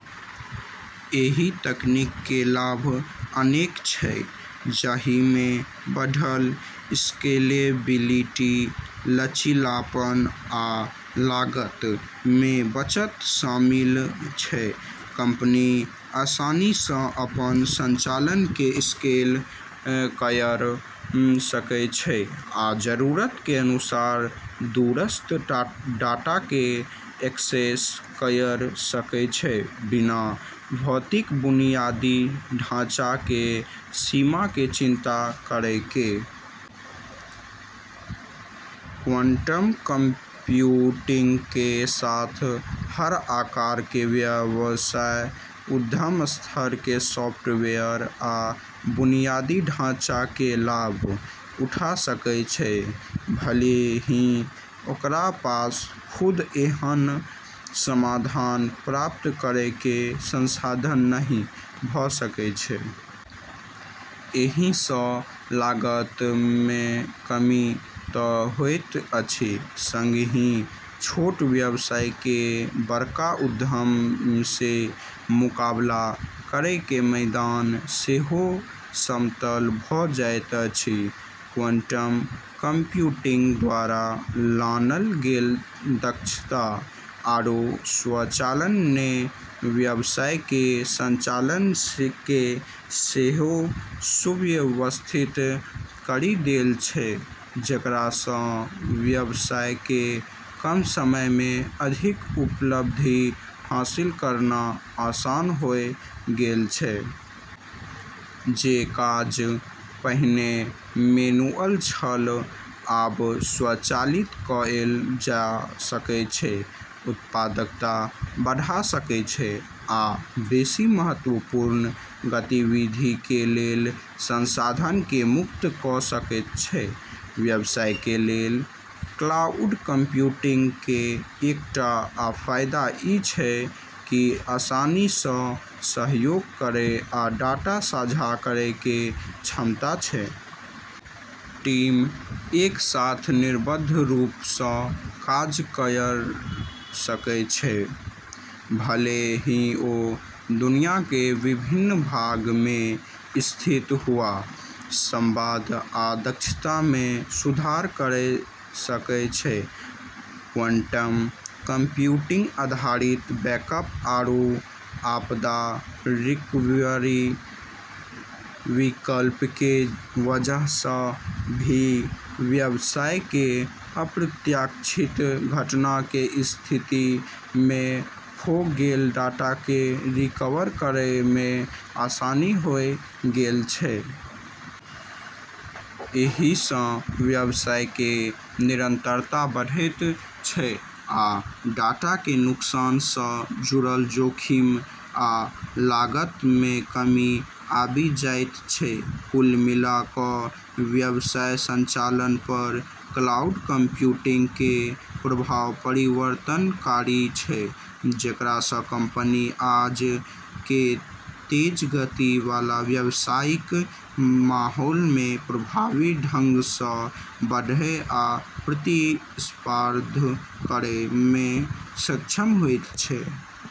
एहि तकनीक के लाभ अनेक छै, जहि में बढ़ल स्केलेबिलिटी, लचीलापन, आ लागत में बचत शामिल छै। कंपनी आसानी सँ अपन संचालन के स्केल कयर सकय छै आ जरूरत के अनुसार दूरस्थ डाटा के एक्सेस कयर सकय छै, बिना भौतिक बुनियादी ढाँचा के सीमा के चिंता करय के। क्वांटम कंप्यूटिंग के साथ हर आकार के व्यवसाय उद्यम स्तर के सॉफ्टवेयर आ बुनियादी ढाँचा के लाभ उठा सकय छै, भले ही ओकरा पास खुद एहन समाधान प्राप्त करय के संसाधन नहि भऽ सकय छै। एहि सँ लागत में कमी तऽ होएत अछि संगहि छोट व्यवसाय के बड़का उद्यम से मुकाबला करय के मैदान सेहो समतल भऽ जाएत अछि। क्वांटम कंप्यूटिंग द्वारा लानल गेल दक्षता आरू स्वचालन ने व्यवसाय के संचालन के सेहो सुव्यवस्थित करी देल छै, जेकरा सँ व्यवसाय के कम समय में अधिक उपलब्धि हासिल करना आसान होय गेल छै। जे काज पहिने मैनुअल छल, आब स्वचालित कएल जा सकय छै, उत्पादकता बढ़ा सकय छै, आ बेसि महत्वपूर्ण गतिविधि के लेल संसाधन के मुक्त क' सकैत छै। व्यवसाय के लेल क्लाउड कंप्यूटिंग के एकटा आ फायदा ई छै कि आसानी सँ सहयोग करय आ डाटा साझा करय के क्षमता छै। टीम एक साथ निर्बाध रूप सँ काज कयर सकय छै, भले ही ओ दुनिया के विभिन्न भाग में स्थित हुआ, संवाद आ दक्षता में सुधार करय सकय छै। क्वांटम कंप्यूटिंग आधारित बैकअप आरू आपदा रिकवरी विकल्प के वजह सँ भी व्यवसाय के अप्रत्याशित घटना के स्थिति में खो गेल डाटा के रिकवर करै में आसानी होय गेल छै। एहि सँ व्यवसाय के निरंतरता बढ़ैत छै आ डाटा के नुकसान सँ जुड़ल जोखिम आ लागत में कमी आबि जाइत छै। कुल मिला कऽ व्यवसाय संचालन पर क्लाउड कंप्यूटिंग के प्रभाव परिवर्तनकारी छै, जेकरा सँ कंपनी आज के तेज गति वाला व्यावसायिक माहौल में प्रभावी ढंग सँ बढ़ै आ प्रतिस्पर्धा करै में सक्षम होइत छै।